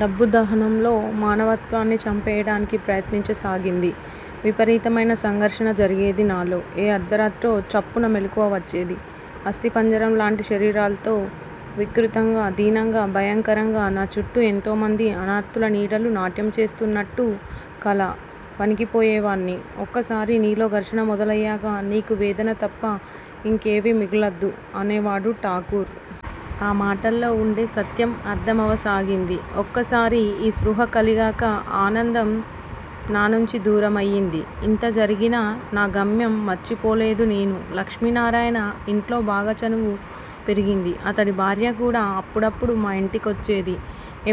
డబ్బు దాహం నాలో మానవత్వాన్ని చంపెయ్యటానికి ప్రయత్నించ సాగింది. విపరీతమైన సంఘర్షణ జరిగేది నాలో. ఏ అర్థరాత్రో చప్పున మెలకువ వచ్చేది అస్థిపంజరం లాంటి శరీరాల్తో వికృతంగా- దీనంగా -భయంకరంగా నాచుట్టూ ఎంతోమంది అన్నార్తుల నీడలు నాట్యం చేస్తున్నాట్టు కల. వణికిపోయేవాణ్ని. 'ఒకసారి నీలో ఘర్షణ మొదలయ్యేక నీకు వేదన తప్ప ఇంకేవీఁ మిగల్దు' అనేవాడు ఠాకూర్. ఆ మాటల్లో వుండే సత్యం అర్థమవసాగింది. ఒక్కసారి యీ స్పృహ కలిగాక ఆనందం నా నుంచి దూరమయింది. ఇంత జరిగినా నా గమ్యం మర్చిపోలేదు నేను. లక్ష్మీనారాయణ ఇంట్లో బాగా చనువు పెరిగింది. అతడి భార్య కూడా అప్పుడప్పుడు మా ఇంటికొచ్చేది.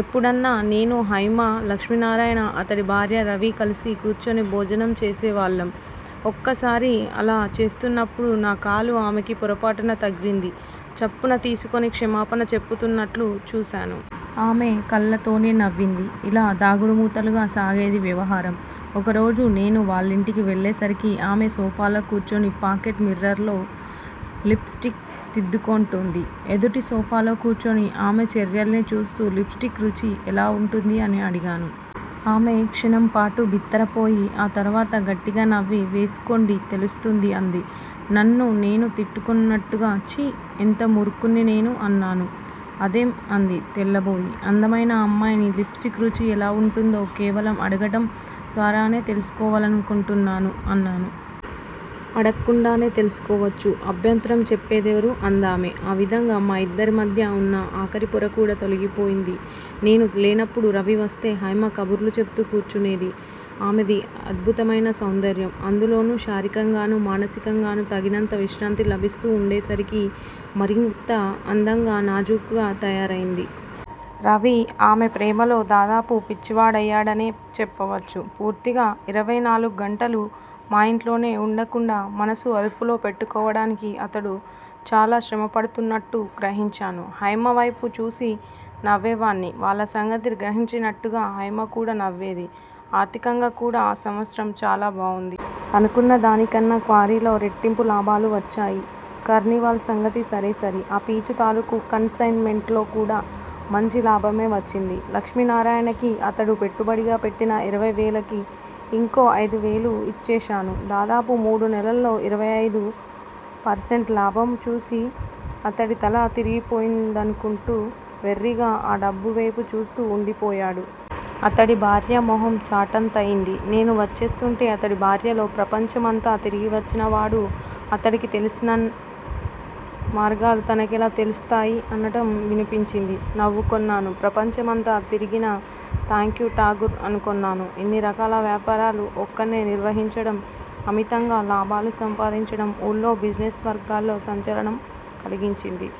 ఎప్పుడన్నా- నేను, హైమా, లక్ష్మీనారాయణ, అతడి భార్య, రవీ కలసి కూర్చొని భోజనం చేసేవాళ్ళం- ఒకసారి అలా చేస్తున్నప్పుడు నా కాలు ఆమెకి పొరపాటున తగిలింది చప్పున తీసేసుకొని క్షమాపణ చెపుతున్నట్లు చూసను. ఆమె కళ్ళతోనే నవ్వింది. ఇలా దాగుడుమూతలుగా సాగేది వ్యవహారం. ఒకరోజు నేను వాళ్ళింటికి వెళ్ళేసరికి, ఆమె సోఫాలో కూర్చొని పాకెట్ మిర్రర్ లో లిప్ స్టిక్ దిద్దుకొంటోంది. ఎదుటి సోఫాలో కూర్చొని ఆమె చర్యల్ని చూస్తూ, లిప్ స్టిక్ రుచి ఎలా వుంటుంది? అని అడిగాను. ఆమె క్షణంపాటు బిత్తరపోయి, ఆ తరువాత గట్టిగా నవ్వి- వేసుకోండి తెలుస్తుంది అంది. నన్ను నేను తిట్టుకొంటున్నట్టుగా ఛీ- ఎంత మూర్ఖుణ్ని నేను అన్నాను. అదేం అంది తెల్లబోయి. అందమైన అమ్మాయిని లిప్ స్టిక్ రుచి ఎలా వుంటుందో కేవలం 'అడగటం' ద్వారానే తెలుసుకోవాలకొంటున్నాను అన్నాను. అడక్కుండానే తెలుసుకోవచ్చు. అభ్యంతరం చెప్పిందెవరు? అందామె. ఆ విధంగా మా ఇద్దరి మాధ్యా వున్న ఆఖరి పోరకూడా తొలగిపోయింది. నేను లేనప్పుడు రవి వస్తే హైమ కబుర్లు చెబుతూ కూర్చొనేది. ఆమెది అద్భుతమైనా సౌందర్యం- అందులోనూ శారీరకంగానూ, మానసికంగానూ తగినంత విశ్రాంతి లభిస్తూ వుండేసరికి మరింత అందంగా, నాజూకుగా తయారైంది. రవి ఆమె ప్రేమలో దాదాపు పిచ్చివాడయ్యాడనే చెప్పవచ్చు. పూర్తిగా ఇరవై నాలుగు గంటలూ మా ఇంట్లోనే వుండకుండా మనసు అదుపులో పెట్టుకోవటానికి అతడు చాలా శ్రమపడుతున్నట్టు గ్రహించాను. హైమ వేపు చూసి నవ్వేవాణ్ని, వాళ్ళ సంగతి గ్రహించినట్టుగా. హైమ కూడా నవ్వేది. ఆర్థికంగా కూడా ఆ సంవత్సరం చాలా బావుంది. అనుకున్నదానికన్నా క్వారీలో రెట్టింపు లాభాలు వచ్చేయి. కార్నివాల్ సంగతి సరేసరి. ఆ పీచు తాలూకు కన్ సైన్ మెంటులో కూడా మంచి లాభమే వచ్చింది. లక్ష్మీనారాయణకి అతడు పెట్టుబడిగా పెట్టిన ఇరవై వేలకి ఇంకో అయిదువేలు ఇచ్చేశాను. దాదాపు మూడు నెలల్లో ఇరవై అయిదు పర్సెంట్ లాభం చూసి, అతడి తల తిరిగిపోయిందనుకుంటా వెర్రిగా ఆ డబ్బువేపు చూస్తూ వుండిపోయేడు. అతడి భార్య మొహం చాటంతయింది. నేను వచ్చేస్తుంటే అతడు భార్యలో, ప్రపంచం అంతా తిరిగివచ్చినవాడు, అతడికి తెలిసినన్ని మార్గాలు థానకెలా తెలుస్తాయి? అనటం వినిపించింది. నవ్వుకొన్నాను. ప్రపంచం అంతా తిరిగినా? థాంక్యూ ఠాకూర్ అనుకొన్నాను. ఇన్ని రకాల వ్యాపారాలు ఒక్కణ్నే నిర్వహించటం, అమితంగా లాభాలు సంపాదించటం, ఊళ్ళో బిజినెస్ వర్గాల్లో సంచలనం కలిగించింది.